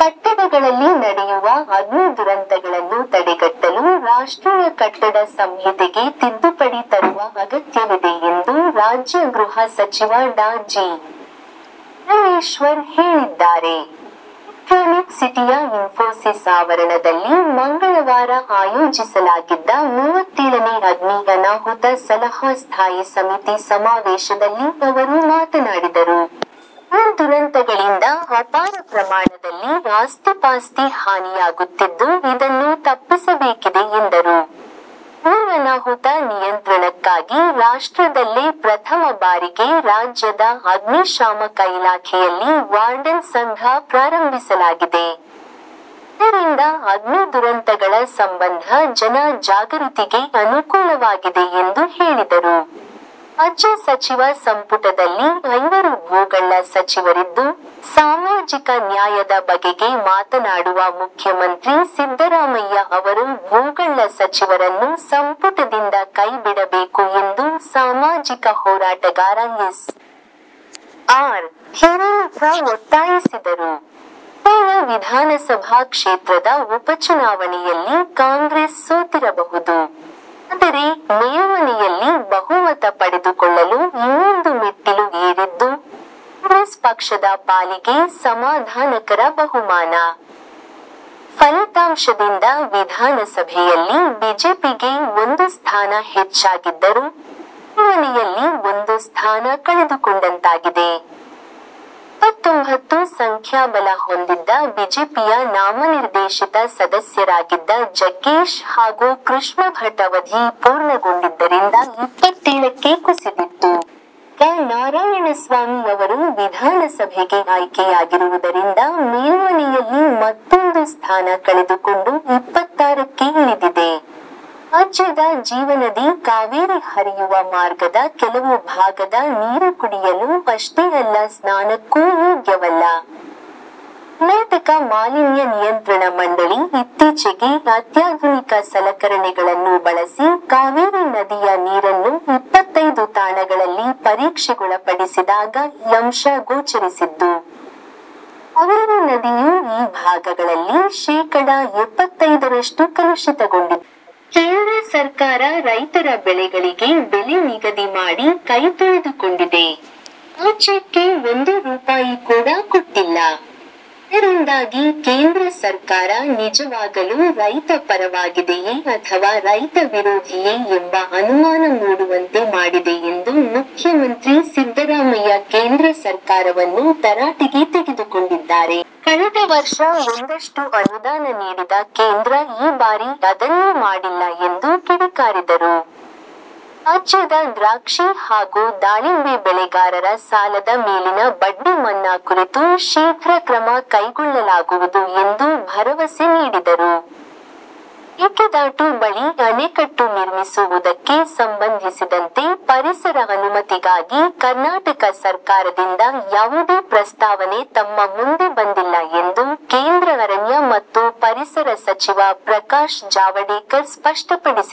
ಕಟ್ಟಡಗಳಲ್ಲಿ ನಡೆಯುವ ಅಗ್ನಿ ದುರಂತಗಳನ್ನು ತಡೆಗಟ್ಟಲು ರಾಷ್ಟ್ರೀಯ ಕಟ್ಟಡ ಸಂಹಿತೆಗೆ ತಿದ್ದುಪಡಿ ತರುವ ಅಗತ್ಯವಿದೆ ಎಂದು ರಾಜ್ಯ ಗೃಹ ಸಚಿವ ಡಾ ಜಿ. ಪರಮೇಶ್ವರ್ ಹೇಳಿದ್ದಾರೆ. ಎಲೆಕ್ಟ್ರಾನಿಕ್ ಸಿಟಿಯ ಇನ್ಫೋಸಿಸ್ ಆವರಣದಲ್ಲಿ ಮಂಗಳವಾರ ಆಯೋಜಿಸಲಾಗಿದ್ದ ಮೂವತ್ತೇಳನೇ ಅಗ್ನಿ ಅನಾಹುತ ಸಲಹಾ ಸ್ಥಾಯಿ ಸಮಿತಿ ಸಮಾವೇಶದಲ್ಲಿ ಅವರು ಮಾತನಾಡಿದರು. ಅಗ್ನಿ ದುರಂತಗಳಿಂದ ಅಪಾರ ಪ್ರಮಾಣದಲ್ಲಿ ಆಸ್ತಿಪಾಸ್ತಿ ಹಾನಿಯಾಗುತ್ತಿದ್ದು ಇದನ್ನು ತಪ್ಪಿಸಬೇಕಿದೆ ಎಂದರು. ಅಗ್ನಿ ಅನಾಹುತ ನಿಯಂತ್ರಣಕ್ಕಾಗಿ ರಾಷ್ಟ್ರದಲ್ಲೇ ಪ್ರಥಮ ಬಾರಿಗೆ ರಾಜ್ಯದ ಅಗ್ನಿ ಶಾಮಕ ಇಲಾಖೆಯಲ್ಲಿ ವಾರ್ಡನ್ ಸಂಘ ಪ್ರಾರಂಭಿಸಲಾಗಿದೆ. ಇದರಿಂದ ಅಗ್ನಿ ದುರಂತಗಳ ಸಂಬಂಧ ಜನ ಜಾಗೃತಿಗೆ ಅನುಕೂಲವಾಗಿದೆ ಎಂದು ಹೇಳಿದರು. ರಾಜ್ಯ ಸಚಿವ ಸಂಪುಟದಲ್ಲಿ ಐವರು ಭೂಗಳ್ಳ ಸಚಿವರಿದ್ದು, ಸಾಮಾಜಿಕ ನ್ಯಾಯದ ಬಗೆಗೆ ಮಾತನಾಡುವ ಮುಖ್ಯಮಂತ್ರಿ ಸಿದ್ದರಾಮಯ್ಯ ಅವರು ಭೂಗಳ್ಳ ಸಚಿವರನ್ನು ಸಂಪುಟದಿಂದ ಕೈ ಬಿಡಬೇಕು ಎಂದು ಸಾಮಾಜಿಕ ಹೋರಾಟಗಾರ ಎಸ್. ಆರ್. ಹಿರೇಮಠ ಒತ್ತಾಯಿಸಿದರು. ಹೆಬ್ಟಾಳ ವಿಧಾನಸಭಾ ಕ್ಷೇತ್ರದ ಉಪಚುನಾವಣೆಯಲ್ಲಿ ಕಾಂಗ್ರೆಸ್ ಸೋತಿರಬಹುದು. ಆದರೆ, ಮೇಲ್ಮನೆಯಲ್ಲಿ ಬಹುಮತ ಪಡೆದುಕೊಳ್ಳಲು ಇನ್ನೊಂದು ಮೆಟ್ಟಿಲು ಏರಿದ್ದು, ಕಾಂಗ್ರೆಸ್ ಪಕ್ಷದ ಪಾಲಿಗೆ ಸಮಾಧಾನಕರ ಬಹುಮಾನ. ಈ ಫಲಿತಾಂಶದಿಂದ ವಿಧಾನಸಭೆಯಲ್ಲಿ ಬಿಜೆಪಿಗೆ ಒಂದು ಸ್ಥಾನ ಹೆಚ್ಚಾಗಿದ್ದರೂ, ಮೇಲ್ಮನೆಯಲ್ಲಿ ಒಂದು ಸ್ಥಾನ ಕಳೆದುಕೊಂಡಂತಾಗಿದೆ. ಇಪ್ಪತ್ತೊಂಭತ್ತು ಸಂಖ್ಯಾಬಲ ಹೊಂದಿದ್ದ ಬಿಜೆಪಿಯ ನಾಮನಿರ್ದೇಶಿತ ಸದಸ್ಯರಾಗಿದ್ದ ಜಗ್ಗೇಶ್ ಹಾಗೂ ಕೃಷ್ಣಭಟ್ ಅವಧಿ ಪೂರ್ಣಗೊಂಡಿದ್ದರಿಂದ ಇಪ್ಪತ್ತೇಳಕ್ಕೆ ಕುಸಿದಿತ್ತು. ಈಗ ನಾರಾಯಣಸ್ವಾಮಿ ಅವರು ವಿಧಾನಸಭೆಗೆ ಆಯ್ಕೆಯಾಗಿರುವುದರಿಂದ ಮೇಲ್ಮನೆಯಲ್ಲಿ ಮತ್ತೂಂದು ಸ್ಥಾನ ಕಳೆದುಕೊಂಡು ಇಪ್ಪತ್ತಾರಕ್ಕೆ ಇಳಿದಿದೆ. ರಾಜ್ಯದ ಜೀವನದಿ ಕಾವೇರಿ ಹರಿಯುವ ಮಾರ್ಗದ ಕೆಲವು ಭಾಗದ ನೀರುಕುಡಿಯಲು ಅಷ್ಟೇ ಅಲ್ಲ ಸ್ನಾನಕ್ಕೂ ಯೋಗ್ಯವಲ್ಲ. ಕರ್ನಾಟಕ ಮಾಲಿನ್ಯ ನಿಯಂತ್ರಣ ಮಂಡಳಿ ಇತ್ತೀಚೆಗೆ ಅತ್ಯಾಧುನಿಕ ಸಲಕರಣೆಗಳನ್ನು ಬಳಸಿ ಕಾವೇರಿ ನದಿಯ ನೀರನ್ನು ಇಪ್ಪತ್ತೈದು ತಾಣಗಳಲ್ಲಿ ಪರೀಕ್ಷೆಗೊಳಪಡಿಸಿದಾಗ ಈ ಅಂಶ ಗೋಚರಿಸಿದ್ದು, ಕಾವೇರಿ ನದಿಯು ಈ ಭಾಗಗಳಲ್ಲಿ ಶೇಕಡಾ ಎಪ್ಪತ್ತೈದರಷ್ಟು ಕಲುಷಿತಗೊಂಡಿದೆ. ಕೇಂದ್ರ ಸರ್ಕಾರ ರೈತರ ಬೆಳೆಗಳಿಗೆ ಬೆಲೆ ನಿಗದಿ ಮಾಡಿ ಕೈ ತೊಳೆದುಕೊಂಡಿದೆ. ರಾಜ್ಯಕ್ಕೆ ಒಂದು ರೂಪಾಯಿ ಕೂಡ ಕೊಟ್ಟಿಲ್ಲ. ಇದರಿಂದಾಗಿ ಕೇಂದ್ರ ಸರ್ಕಾರ ನಿಜವಾಗಲೂ ರೈತ ಪರವಾಗಿದೆಯೇ ಅಥವಾ ರೈತ ವಿರೋಧಿಯೇ ಎಂಬ ಅನುಮಾನ ಮೂಡುವಂತೆ ಮಾಡಿದೆ ಎಂದು ಮುಖ್ಯಮಂತ್ರಿ ಸಿದ್ದರಾಮಯ್ಯ ಕೇಂದ್ರ ಸರ್ಕಾರವನ್ನು ತರಾಟೆಗೆ ತೆಗೆದುಕೊಂಡಿದ್ದಾರೆ. ಕಳೆದ ವರ್ಷ ಒಂದಷ್ಟು ಅನುದಾನ ನೀಡಿದ ಕೇಂದ್ರ ಈ ಬಾರಿ ಅದನ್ನೂ ಮಾಡಿಲ್ಲ ಎಂದು ಕಿಡಿಕಾರಿದರು. ರಾಜ್ಯದ ದ್ರಾಕ್ಷಿ ಹಾಗೂ ದಾಳಿಂಬೆ ಬೆಳೆಗಾರರ ಸಾಲದ ಮೇಲಿನ ಬಡ್ಡಿ ಮನ್ನಾ ಕುರಿತು ಶೀಘ್ರ ಕ್ರಮ ಕೈಗೊಳ್ಳಲಾಗುವುದು ಎಂದು ಭರವಸೆ ನೀಡಿದರು. ಮೇಕೆದಾಟು ಬಳಿ ಅಣೆಕಟ್ಟು ನಿರ್ಮಿಸು ವುದಕ್ಕೆ ಸಂಬಂಧಿಸಿದಂತೆ ಪರಿಸರ ಅನುಮತಿಗಾಗಿ ಕರ್ನಾಟಕ ಸರ್ಕಾರದಿಂದ ಯಾವುದೇ ಪ್ರಸ್ತಾವನೆ ತಮ್ಮ ಮುಂದೆ ಬಂದಿಲ್ಲ ಎಂದು ಕೇಂದ್ರ ಅರಣ್ಯ ಮತ್ತು ಪರಿಸರ ಸಚಿವ ಪ್ರಕಾಶ್ ಜಾವಡೇಕರ್ ಸ್ಪಷ್ಟಪಡಿಸಿದ್ದಾರೆ.